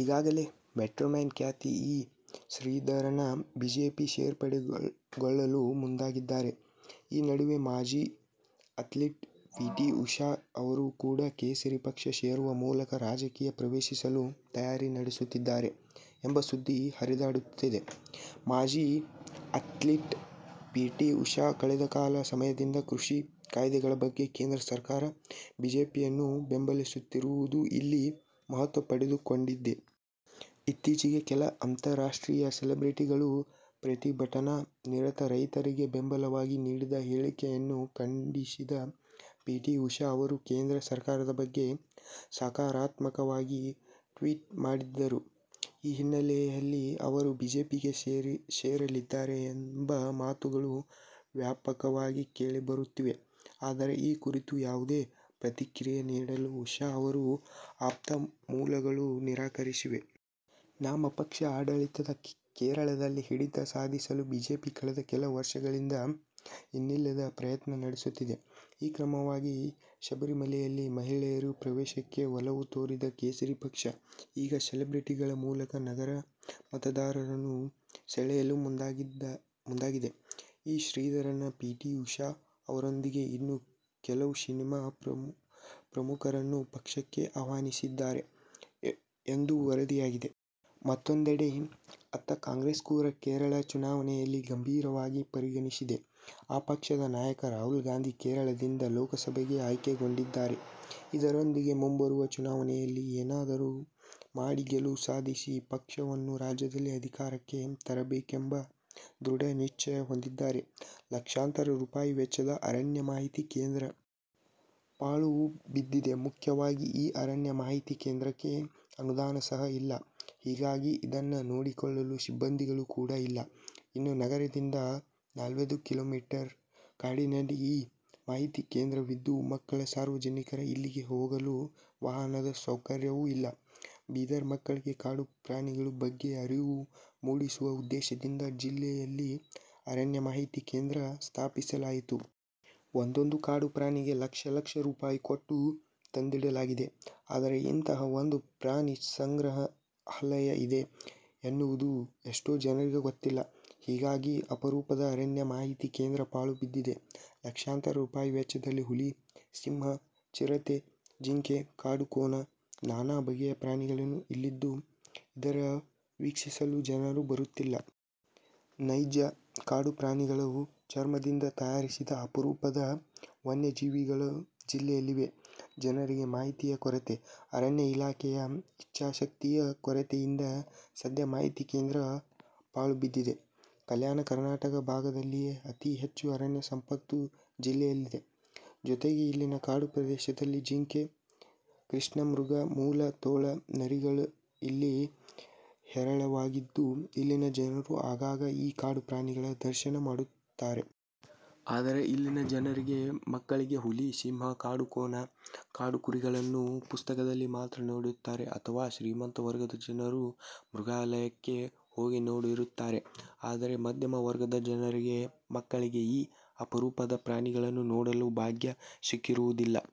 ಈಗಾಗಲೇ 'ಮೆಟ್ರೊಮ್ಯಾನ್' ಖ್ಯಾತಿ E. Sreedharan BJP ಸೇರ್ಪಡೆಗೊಳ್ಳಲು ಮುಂದಾಗಿದ್ದಾರೆ. ಈ ನಡುವೆ ಮಾಜಿ ಅಥ್ಲೀಟ್ ಪಿ. ಟಿ. ಉಷಾ ಅವರೂ ಕೂಡ ಕೇಸರಿ ಪಕ್ಷ ಸೇರುವ ಮೂಲಕ ರಾಜಕೀಯ ಪ್ರವೇಶಿಸಲು ತಯಾರಿ ನಡೆಸುತ್ತಿದ್ದಾರೆ ಎಂಬ ಸುದ್ದಿ ಹರಿದಾಡುತ್ತಿದೆ. ಮಾಜಿ ಅಥ್ಲೀಟ್ ಪಿಟಿ ಉಷಾ ಕಳೆದ ಕೆಲ ಸಮಯದಿಂದ ಕೃಷಿ ಕಾಯ್ದೆಗಳ ಬಗ್ಗೆ ಕೇಂದ್ರ ಸರ್ಕಾರ, ಬಿಜೆಪಿಯನ್ನು ಬೆಂಬಲಿಸುತ್ತಿರುವುದು ಇಲ್ಲಿ ಮಹತ್ವಪಡೆದುಕೊಂಡಿದೆ. ಇತ್ತೀಚಿಗೆ ಕೆಲ ಅಂತರಾಷ್ಟ್ರೀಯ ಸೆಲೆಬ್ರೆಟಿಗಳು ಪ್ರತಿಭಟನಾ ನಿರತ ರೈತರಿಗೆ ಬೆಂಬಲವಾಗಿ ನೀಡಿದ್ದ ಹೇಳಿಕೆಯನ್ನು ಖಂಡಿಸಿದ್ದ ಪಿಟಿ ಉಷಾ ಅವರು ಕೇಂದ್ರ ಸರ್ಕಾರದ ಬಗ್ಗೆ ಸಕಾರಾತ್ಮಕವಾಗಿ ಟ್ವೀಟ್ ಮಾಡಿದ್ದರು. ಈ ಹಿನ್ನೆಲೆಯಲ್ಲಿ ಅವರು ಬಿಜೆಪಿಗೆ ಸೇರಲಿದ್ದಾರೆ ಎಂಬ ಮಾತುಗಳು ವ್ಯಾಪಕವಾಗಿ ಕೇಳಿಬರುತ್ತಿವೆ. ಆದರೆ, ಈ ಕುರಿತು ಯಾವುದೇ ಪ್ರತಿಕ್ರಿಯೆ ನೀಡಲು ಉಷಾ ಅವರ ಆಪ್ತ ಮೂಲಗಳು ನಿರಾಕರಿಸಿವೆ. ವಾಮಪಕ್ಷ ಆಡಳಿತದ ಕೇರಳದಲ್ಲಿ ಹಿಡಿತ ಸಾಧಿಸಲು ಬಿಜೆಪಿ ಕಳೆದ ಕೆಲ ವರ್ಷಗಳಿಂದ ಇನ್ನಿಲ್ಲದ ಪ್ರಯತ್ನ ನಡೆಸುತ್ತಿದೆ. ಈ ಕ್ರಮವಾಗಿ ಶಬರಿಮಲೆಯಲ್ಲಿ ಮಹಿಳೆಯರ ಪ್ರವೇಶಕ್ಕೆ ಒಲವು ತೋರಿದ ಕೇಸರಿ ಪಕ್ಷ, ಈಗ ಸೆಲೆಬ್ರಿಟಿಗಳ ಮೂಲಕ ನಗರ ಮತದಾರರನ್ನು ಸೆಳೆಯಲು ಮುಂದಾಗಿದೆ. E. Sreedharan, P. T. Usha ಅವರೊಂದಿಗೆ ಇನ್ನೂ ಕೆಲವು ಸಿನಿಮಾ ಪ್ರಮುಖರನ್ನು ಪಕ್ಷಕ್ಕೆ ಆಹ್ವಾನಿಸಿದ್ದಾರೆ ಎಂದು ವರದಿಯಾಗಿದೆ. ಮತ್ತೊಂದೆಡೆ, ಅತ್ತ ಕಾಂಗ್ರೆಸ್ ಕೂಡ ಕೇರಳ ಚುನಾವಣೆಯನ್ನು ಗಂಭೀರವಾಗಿ ಪರಿಗಣಿಸಿದೆ. ಆ ಪಕ್ಷದ ನಾಯಕ ರಾಹುಲ್ ಗಾಂಧಿ ಕೇರಳದಿಂದ ಲೋಕಸಭೆಗೆ ಆಯ್ಕೆಗೊಂಡಿದ್ದಾರೆ. ಇದರೊಂದಿಗೆ ಮುಂಬರುವ ಚುನಾವಣೆಯಲ್ಲಿ ಏನಾದರೂ ಮಾಡಿ ಗೆಲುವು ಸಾಧಿಸಿ ಪಕ್ಷವನ್ನು ರಾಜ್ಯದಲ್ಲಿ ಅಧಿಕಾರಕ್ಕೆ ತರಬೇಕೆಂಬ ದೃಢನಿಶ್ಚಯ ಹೊಂದಿದ್ದಾರೆ. ಲಕ್ಷಾಂತರ ರೂಪಾಯಿ ವೆಚ್ಚದ ಅರಣ್ಯ ಮಾಹಿತಿ ಕೇಂದ್ರ. ಪಾಳು ಬಿದ್ದಿದೆ ಮುಖ್ಯವಾಗಿ ಈ ಅರಣ್ಯ ಮಾಹಿತಿ ಕೇಂದ್ರಕ್ಕೆ ಅನುದಾನ ಸಹ ಇಲ್ಲಾ. ಹೀಗಾಗಿ ಇದನ್ನ ನೋಡಿಕೊಳ್ಳಲು ಸಿಬ್ಬಂದಿಗಳು ಕೂಡಾ ಇಲ್ಲಾ. ಇನ್ನೂ ನಗರದಿಂದ ನಾಲ್ಕೈದು ಕಿಲೋಮೀಟರ್ ಕಾಡಿನಲ್ಲಿ ಈ ಮಾಹಿತಿ ಕೇಂದ್ರವಿದ್ದು ಮಕ್ಕಳು ಸಾರ್ವಜನಿಕರು ಇಲ್ಲಿಗೆ ಹೋಗಲು ವಾಹನದ ಸೌಕರ್ಯವೂ ಇಲ್ಲಾ. ಬೀದರ್: ಮಕ್ಕಳಿಗೆ ಕಾಡು ಪ್ರಾಣಿಗಳ ಬಗ್ಗೆ ಅರಿವು ಮೂಡಿಸುವ ಉದ್ದೇಶದಿಂದ ಜಿಲ್ಲೆಯಲ್ಲಿ ಅರಣ್ಯ ಮಾಹಿತಿ ಕೇಂದ್ರ ಸ್ಥಾಪಿಸಲಾಯಿತು. ಒಂದೊಂದು ಕಾಡು ಪ್ರಾಣಿಗೆ ಲಕ್ಷ ಲಕ್ಷ ರೂಪಾಯಿ ಕೊಟ್ಟು ತಂದಿಡಲಾಗಿದೆ. ಆದರೆ ಇಂತಹ ಒಂದು ಪ್ರಾಣಿ ಸಂಗ್ರಹಾಲಯ ಇದೆ ಎನ್ನುವುದು ಎಷ್ಟೋ ಜನರಿಗೆ ಗೊತ್ತಿಲ್ಲ. ಹೀಗಾಗಿ ಅಪರೂಪದ ಅರಣ್ಯ ಮಾಹಿತಿ ಕೇಂದ್ರ ಪಾಳು ಬಿದ್ದಿದೆ. ಲಕ್ಷಾಂತರ ರೂಪಾಯಿ ವೆಚ್ಚದಲ್ಲಿ ಹುಲಿ, ಸಿಂಹ, ಚಿರತೆ, ಜಿಂಕೆ, ಕಾಡುಕೋಣ, ನಾನಾ ಬಗೆಯ ಪ್ರಾಣಿಗಳು ಇಲ್ಲಿದ್ದು ಇದರ ವೀಕ್ಷಿಸಲು ಜನರು ಬರುತ್ತಿಲ್ಲ. ನೈಜ ಕಾಡು ಪ್ರಾಣಿಗಳ ಚರ್ಮದಿಂದ ತಯಾರಿಸಿದ ಅಪರೂಪದ ವನ್ಯಜೀವಿಗಳು ಜಿಲ್ಲೆಯಲ್ಲಿವೆ. ಜನರಿಗೆ ಮಾಹಿತಿಯ ಕೊರತೆ, ಅರಣ್ಯ ಇಲಾಖೆಯ ಇಚ್ಚಾಶಕ್ತಿಯ ಕೊರತೆಯಿಂದ ಸದ್ಯ ಮಾಹಿತಿ ಕೇಂದ್ರ ಪಾಳುಬಿದ್ದಿದೆ. ಕಲ್ಯಾಣ ಕರ್ನಾಟಕ ಭಾಗದಲ್ಲಿಯೇ ಅತಿ ಹೆಚ್ಚು ಅರಣ್ಯ ಸಂಪತ್ತು ಜಿಲ್ಲೆಯಲ್ಲಿದೆ. ಜೊತೆಗೆ ಇಲ್ಲಿನ ಕಾಡು ಪ್ರದೇಶದಲ್ಲಿ ಚಿಂಕೆ, ಕೃಷ್ಣಮೃಗ, ಮೊಲ, ತೋಳ, ನರಿಗಳು ಇಲ್ಲಿ ಹೇರಳವಾಗಿದ್ದು ಇಲ್ಲಿನ ಜನರು ಆಗಾಗ ಈ ಕಾಡು ಪ್ರಾಣಿಗಳ ದರ್ಶನ ಮಾಡುತ್ತಾರೆ. ಆದರೆ ಇಲ್ಲಿನ ಜನರಿಗೆ, ಮಕ್ಕಳಿಗೆ ಹುಲಿ, ಸಿಂಹ, ಕಾಡುಕೋಣ, ಕಾಡುಕುರಿಗಳನ್ನ ಪುಸ್ತಕದಲ್ಲಿ ಮಾತ್ರ ನೋಡಿರುತ್ತಾರೆ ಅಥವಾ ಶ್ರೀಮಂತ ವರ್ಗದ ಜನರು ಮೃಗಾಲಯಕ್ಕೆ ಹೋಗಿ ನೋಡಿರುತ್ತಾರೆ. ಆದರೆ ಮದ್ಯಮವರ್ಗದ ಜನರಿಗೆ ಮಕ್ಕಳಿಗೆ ಈ ಅಪರೂಪದ ಪ್ರಾಣಿಗಳನ್ನ ನೋಡುವ ಭಾಗ್ಯ ಸಿಕ್ಕಿರುವುದಿಲ್ಲ.